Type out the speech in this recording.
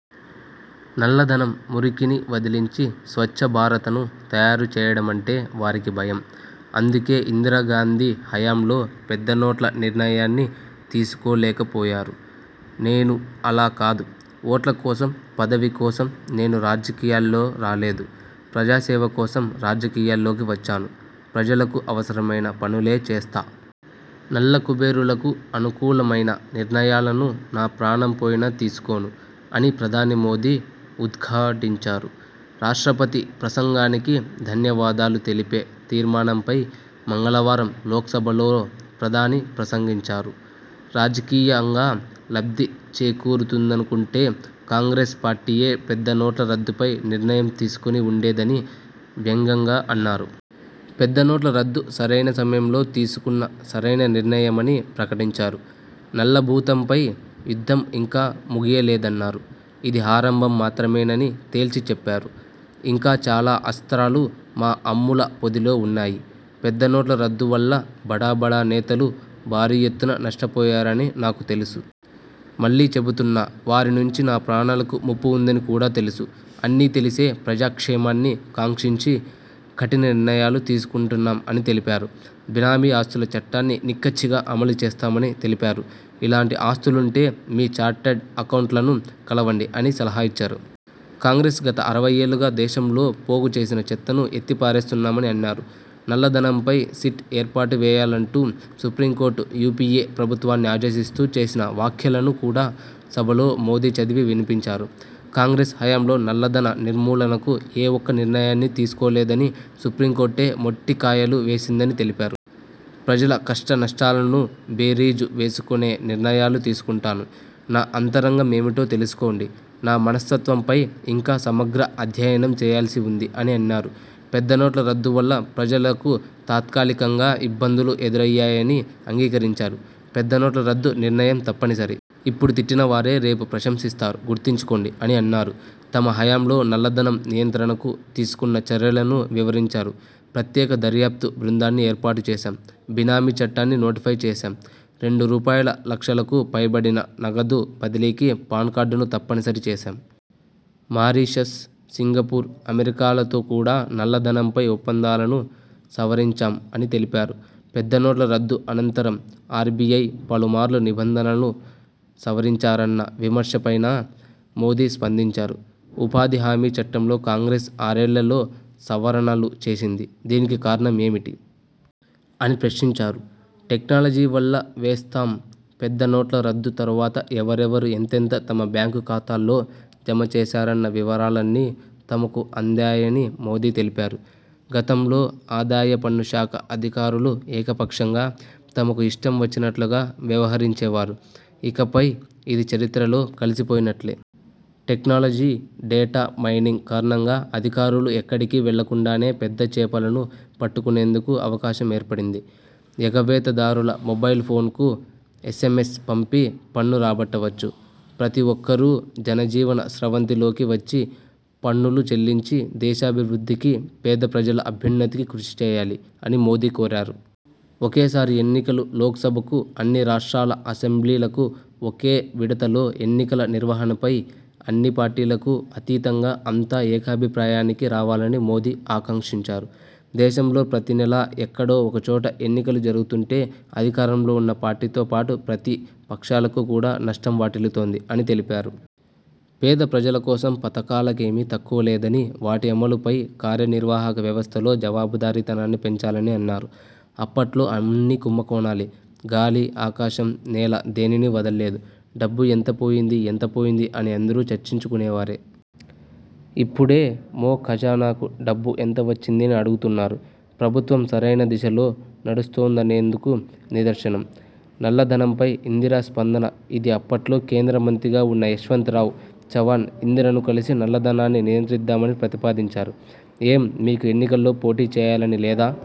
నల్లధనం మురికిని వదిలించి స్వచ్ఛ భారతను తయారు చేయడమంటే వారికి భయం. అందుకే ఇందిరా గాంధీ హయాంలో పెద్ద నోట్ల నిర్ణయాన్ని తీసుకో లేకపోయారు. నేను అలా కాదు! ఓట్ల కోసం, పదవి కోసం నేను రాజకీయాల్లో రాలేదు. ప్రజాసేవ కోసం రాజకీయాల్లోకి వచ్చాను. ప్రజలకు అవసరమైన పనులే చేస్తా! నల్ల కుబేరులకు అనుకూలమైన నిర్ణయాలను నా ప్రాణం పోయినా తీసుకోను అని ప్రధాని మోదీ ఉద్ఘాటించారు. రాష్ట్రపతి ప్రసంగానికి ధన్యవాదాలు తెలిపే తీర్మానంపై మంగళవారం లోక్సభలో ప్రధాని ప్రసంగించారు. రాజకీయంగా లబ్ధి చేకూరుతుందనుకుంటే కాంగ్రెస్ పార్టీయే పెద్ద నోట్ల రద్దుపై నిర్ణయం తీసుకొని ఉండేదని వ్యంగ్యంగా అన్నారు. పెద్ద నోట్ల రద్దు సరైన సమయంలో తీసుకున్న సరైన నిర్ణయమని ప్రకటించారు. నల్ల భూతంపై యుద్ధం ఇంకా ముగియలేదన్నారు. ఇది ఆరంభం మాత్రమేనని తేల్చి చెప్పారు. ఇంకా చాలా అస్త్రాలు మా అమ్ముల పొదిలో ఉన్నాయి. పెద్ద నోట్ల రద్దు వల్ల బడా బడా నేతలు భారీ ఎత్తున నష్ట పోయారని నాకు తెలుసు. మళ్లీ చెబుతున్నా వారి నుంచి నా ప్రాణాలకు ముప్పు ఉందని కూడా తెలుసు. అన్నీ తెలిసే ప్రజా క్షేమాన్ని కాంక్షించి కఠిన నిర్ణయాలు తీసుకుంటున్నాం అని తెలిపారు. బినామీ ఆస్తుల చట్టాన్ని నిక్కచ్చిగా అమలు చేస్తామని తెలిపారు. ఇలాంటి ఆస్తులుంటే మీ ఛార్టరడ్ అకౌంటెంట్లను కలవండి అని సలహా ఇచ్చారు. కాంగ్రెస్ గత అరవై ఏళ్లుగా దేశంలో పోగు చేసిన చెత్తను ఎత్తి పారేస్తున్నామని అన్నారు. నల్ల ధనంపై సిట్ ఏర్పాటు వేయాలంటూ సుప్రీంకోర్టు యూపీఏ ప్రభుత్వాన్ని ఆదేశిస్తూ చేసిన వ్యాఖ్యలను కూడా సభలో మోదీ చదివి వినిపించారు. కాంగ్రెస్ హయాంలో నల్లధన నిర్మూలనకు ఏ ఒక్క నిర్ణయాన్నీ తీసుకోలేదని సుప్రీంకోర్టే మొట్టి కాయలు వేసిందని తెలిపారు. ప్రజల కష్ట నష్టాలను బేరీజు వేసుకొనే నిర్ణయాలు తీసుకుంటాను. నా అంతరంగం ఏమిటో తెలుసుకోండి. నా మనస్తత్వంపై ఇంకా సమగ్ర అధ్యయనం చేయాల్సి ఉంది, అని అన్నారు. పెద్ద నోట్ల రద్దు వల్ల ప్రజలకు తాత్కాలికంగా ఇబ్బందులు ఎదురయ్యాయని అంగీకరించారు. పెద్ద నోట్ల రద్దు నిర్ణయం తప్పనిసరి. ఇప్పుడు తిట్టిన వారే రేపు ప్రశంసిస్తారు గుర్తుంచుకోండి, అని అన్నారు. తమ హయాంలో నల్లధనం నియంత్రణకు తీసుకున్న చర్యలను వివరించారు. ప్రత్యేక దర్యాప్తు బృందాన్ని ఏర్పాటు చేశాం. బినామీ చట్టాన్ని నోటిఫై చేశాం. రెండు రూపాయల లక్షలకు పైబడిన నగదు బదిలీకి పాన్ కార్డును తప్పని సరి చేశాం. మారిషస్, సింగపూర్, అమెరికాల తో కూడా నల్ల ధనంపై ఒప్పందాలను సవరించాం అని తెలిపారు. పెద్ద నోట్ల రద్దు అనంతరం ఆర్బీఐ పలుమార్లు నిబంధనలను సవరించారన్న విమర్శ పైనా మోదీ స్పందించారు. ఉపాధి హామీ చట్టంలో కాంగ్రెస్ ఆరేళ్లలో సవరణలు చేసింది! దీనికి కారణం ఏమిటి? అని ప్రశ్నించారు. టెక్నాలజీ వల వేస్తాం పెద్ద నోట్ల రద్దు తరువాత ఎవరెవరు ఎంతెంత తమ బ్యాంకు ఖాతాల్లో జమ చేశారన్న వివరాలన్నీ తమకు అందాయని మోదీ తెలిపారు. గతంలో ఆదాయ పన్ను శాఖ అధికారులు ఏకపక్షంగా, తమకు ఇష్టం వచ్చినట్లుగా వ్యవహరించేవారు. ఇకపై ఇది చరిత్రలో కలిసి పోయినట్లే. టెక్నాలజీ, డేటా మైనింగ్ కారణంగా అధికారులు ఎక్కడికీ వెళ్లకుండానే పెద్ద చేపలను పట్టుకునేందుకు అవకాశం ఏర్పడింది. ఎగవేత దారుల మొబైల్ ఫోన్కు ఎస్ఎమ్మెస్ పంపి పన్ను రాబట్టవచ్చు. ప్రతి ఒక్కరూ జనజీవన స్రవంతి లోకి వచ్చి పన్నులు చెల్లించి దేశాభి వృద్ధికి, పేద ప్రజల అభ్యున్నతికి కృషి చేయాలి, అని మోదీ కోరారు. ఒకేసారి ఎన్నికలు లోక్సభకు, అన్ని రాష్ట్రాల అసెంబ్లీ లకు ఒకే విడతలో ఎన్నికల నిర్వహణపై అన్ని పార్టీలకు అతీతంగా అంతా ఏకాభి ప్రాయానికి రావాలని మోదీ ఆకాంక్షించారు. దేశంలో ప్రతి నెలా ఎక్కడో ఒకచోట ఎన్నికలు జరుగుతుంటే అధికారంలో ఉన్న పార్టీతో పాటు ప్రతి పక్షాలకు కూడా నష్టం వాటిల్లుతోంది, అని తెలిపారు. పేద ప్రజల కోసం పథకాల కేమీ తక్కువ లేదని, వాటి అమలు పై కార్య నిర్వాహక వ్యవస్థలో జవాబుదారీ తనాన్ని పెంచాలని అన్నారు. అప్పట్లో అన్నీ కుంభకోణాలే! గాలి, ఆకాశం, నేల దేనినీ వదల్లేదు. డబ్బు ఎంత పోయింది, ఎంత పోయింది అని అందరూ చర్చించు కునేవారు. ఇప్పుడే మోఖజానాకు డబ్బు ఎంత వచ్చింది అని అడుగుతున్నారు. ప్రభుత్వం సరైన దిశలో నడుస్తోందనేందుకు నిదర్శనం. నల్ల ధనంపై ఇందిర స్పందన ఇది అప్పట్లో కేంద్ర మంత్రిగా ఉన్న యశ్వంత రావ్ చవాన్ ఇందిరను కలిసి నల్ల ధనాన్ని నియంత్రిద్దామని ప్రతిపాదించారు. ఏం మీకు ఎన్నికల్లో పోటీ చేయాలని లేదా?